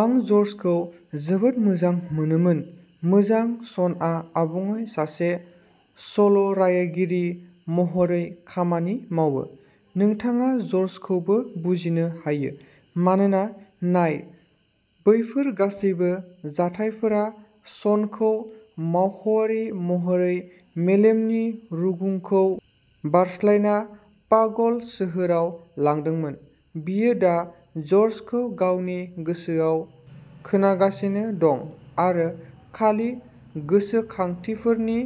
आं जर्जखौ जोबोद मोजां मोनोमोन। मोजां, शनआ आबुङै सासे सल'रायगिरि महरै खामानि मावो। नोंथाङा जर्जखौबो बुजिनो हायो, मानोना, नाय, बैफोर गासैबो जाथायफोरा श'नखौ मावख'आरि महरै मेलेमनि रुगुंखौ बारस्लायना पागल सोहोराव लांदोंमोन। बियो दा जर्जखौ गावनि गोसोआव खोनागासिनो दं, आरो खालि गोसोखांथिफोरनि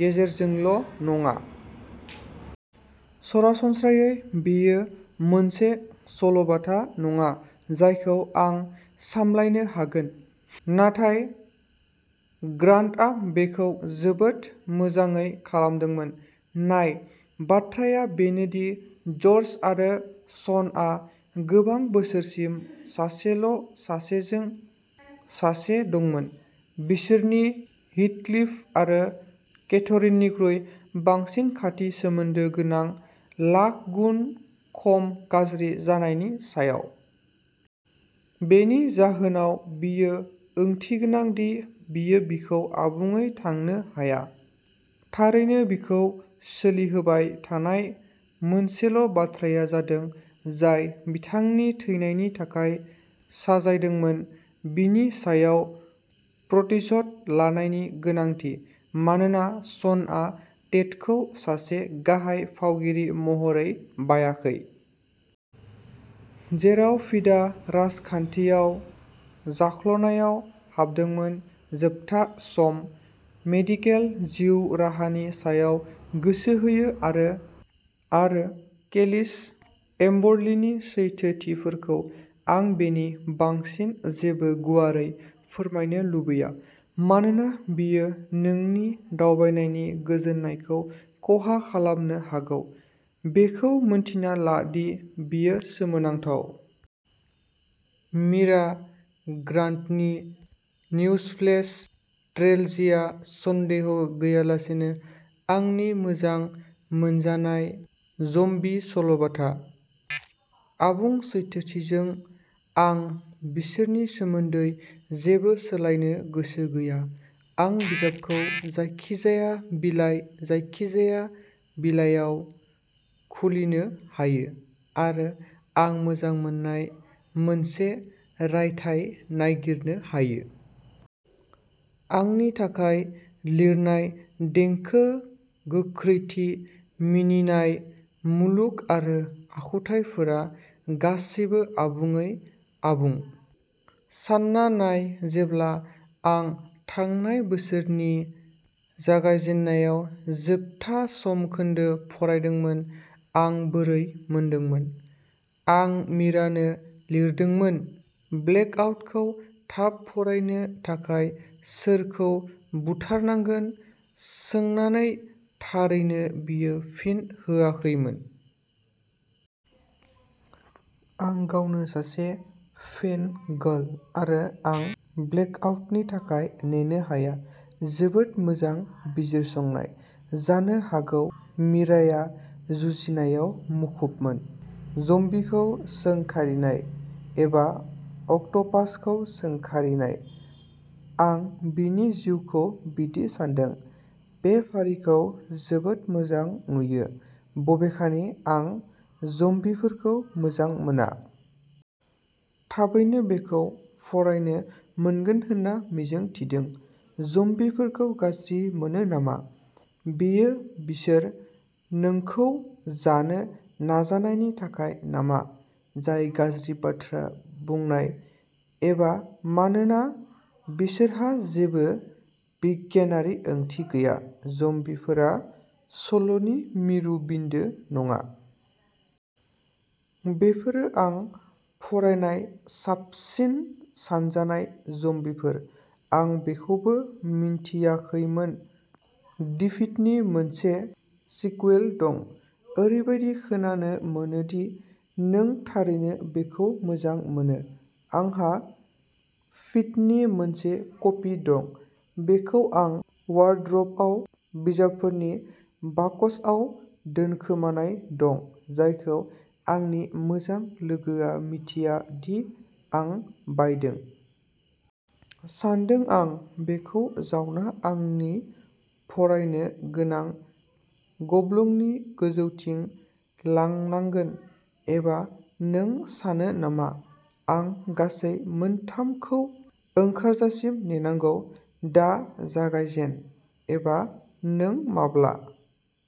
गेजेरजोंल'नङा। सरासनस्रायै, बेयो मोनसे सल'बाथा नङा जायखौ आं सामलायनो हागोन, नाथाय ग्रान्टआ बेखौ जोबोद मोजाङै खालामदोंमोन। नाय, बाथ्राया बेनो दि जर्ज आरो श'नआ गोबां बोसोरसिम सासेल'सासेजों सासे दंमोन। बिसोरो हीथक्लिफ आरो केथरीननिख्रुइ बांसिन खाथि सोमोन्दो गोनां, लाख गुन खम गाज्रि जानायनि सायाव। बेनि जाहोनाव, बेयो ओंथिगोनां दि बियो बिखौ आबुङै थांनो हाया। थारैनो, बिखौ सोलिहोबाय थानाय मोनसेल'बाथ्राया जादों जाय बिथांनि थैनायनि थाखाय साजायदोंमोन, बिनि सायाव प्रतिशोध लानायनि गोनांथि, मानोना श'नआ टेटखौ सासे गाहाय फावगिरि महरै बायाखै। जेराव फीडा राजखान्थियाव जाख्ल'नायाव हाबदोंमोन, जोबथा सम। मेडिकेल जिउ राहानि सायाव गोसो होयो, आरो केलिस-एम्बर्लिनि सैथोथिफोरखौ। आं बेनि बांसिन जेबो गुवारै फोरमायनो लुबैया, मानोना बेयो नोंनि दावबायनायनि गोजोननायखौ खहा खालामनो हागौ। बेखौ मिन्थिना ला दि बेयो सोमोनांथाव। मिरा ग्रान्टनि निउजफ्लेश ट्रिलजिया, सन्देह गैयालासेनो, आंनि मोजां मोनजानाय ज'म्बि सल'बाथा। आबुं सैथोथिजों, आं बिसोरनि सोमोन्दै जेबो सोलायनो गोसो गैया। आं बिजाबखौ जायखिजाया बिलाइ, जायखिजाया बिलाइयाव खुलिनो हायो, आरो आं मोजां मोननाय मोनसे रायथाइ नागिरनो हायो। आंनि थाखाय, लिरनाय, देंखो, गोख्रैथि, मिनिनाय, मुलुग आरो आखुथाइफोरा गासैबो आबुङै आबुं। सानना नाय जेब्ला आं थांनाय बोसोरनि जागायजेन्नायाव जोबथा समखोन्दो फरायदोंमोन आं बोरै मोनदांदोंमोन?! आं मिरानो लिरदोंमोन ब्लेकआउटखौ थाब फरायनो थाखाय सोरखौ बुथारनांगोन सोंनानैः थारैनो बियो फिन होआखैमोन। आं गावनो सासे फेन गार्ल, आरो आं ब्लेकआउटनि थाखाय नेनो हाया। जोबोद मोजां बिजिरसंनाय! जानो हागौ मिराया जुजिनायआव मुखुबमोन। ज'म्बीखौ सोंखारिनाय। एबा अक्ट'पासखौ सोंखारिनाय। आं बिनि जिउखौ बिदि सानदों। बे फारिखौ जोबोद मोजां नुयो, बबेखानि आं ज'म्बीफोरखौ मोजां मोना। थाबैनो बेखौ फरायनो मोनगोन होनना मिजिं थिदों। ज'म्बीफोरखौ गाज्रि मोनो नामा?? बेयो बिसोर नोंखौ जानो नाजानायनि थाखाय नामा, जाय गाज्रि बाथ्रा बुंनाय, एबा मानोना बिसोरहा जेबो बिगियानारि ओंथि गैया? ज'म्बीफोरा सल'नि मिरु बिन्दो नङा। बेफोरो आं फरायनाय साबसिन सानजानाय ज'म्बीफोर। आं बेखौबो मिन्थियाखैमोन दि'फीड'नि मोनसे सिक्वेल दं! ओरैबायदि खोनानो मोनो दि नों थारैनो बेखौ मोजां मोनो! आंहा फिडनि मोनसे कपि दं, बेयो आंनि वार्ड्रोबआव बिजाबफोरनि बक्सआव दोनखोमानाय दं जायखौ आंनि मोजां लोगोआ मिथिया दि आं बायदों! सानदों आं बेखौ जावना आंनि फरायनो गोनां गब्लंनि गोजौथिं लांनांगोन! एबा नों सानो नामा आं गासै मोन थाम खौ ओंखारजासिम नेनांगौ? दा जागायजेन! एबा नों माब्ला?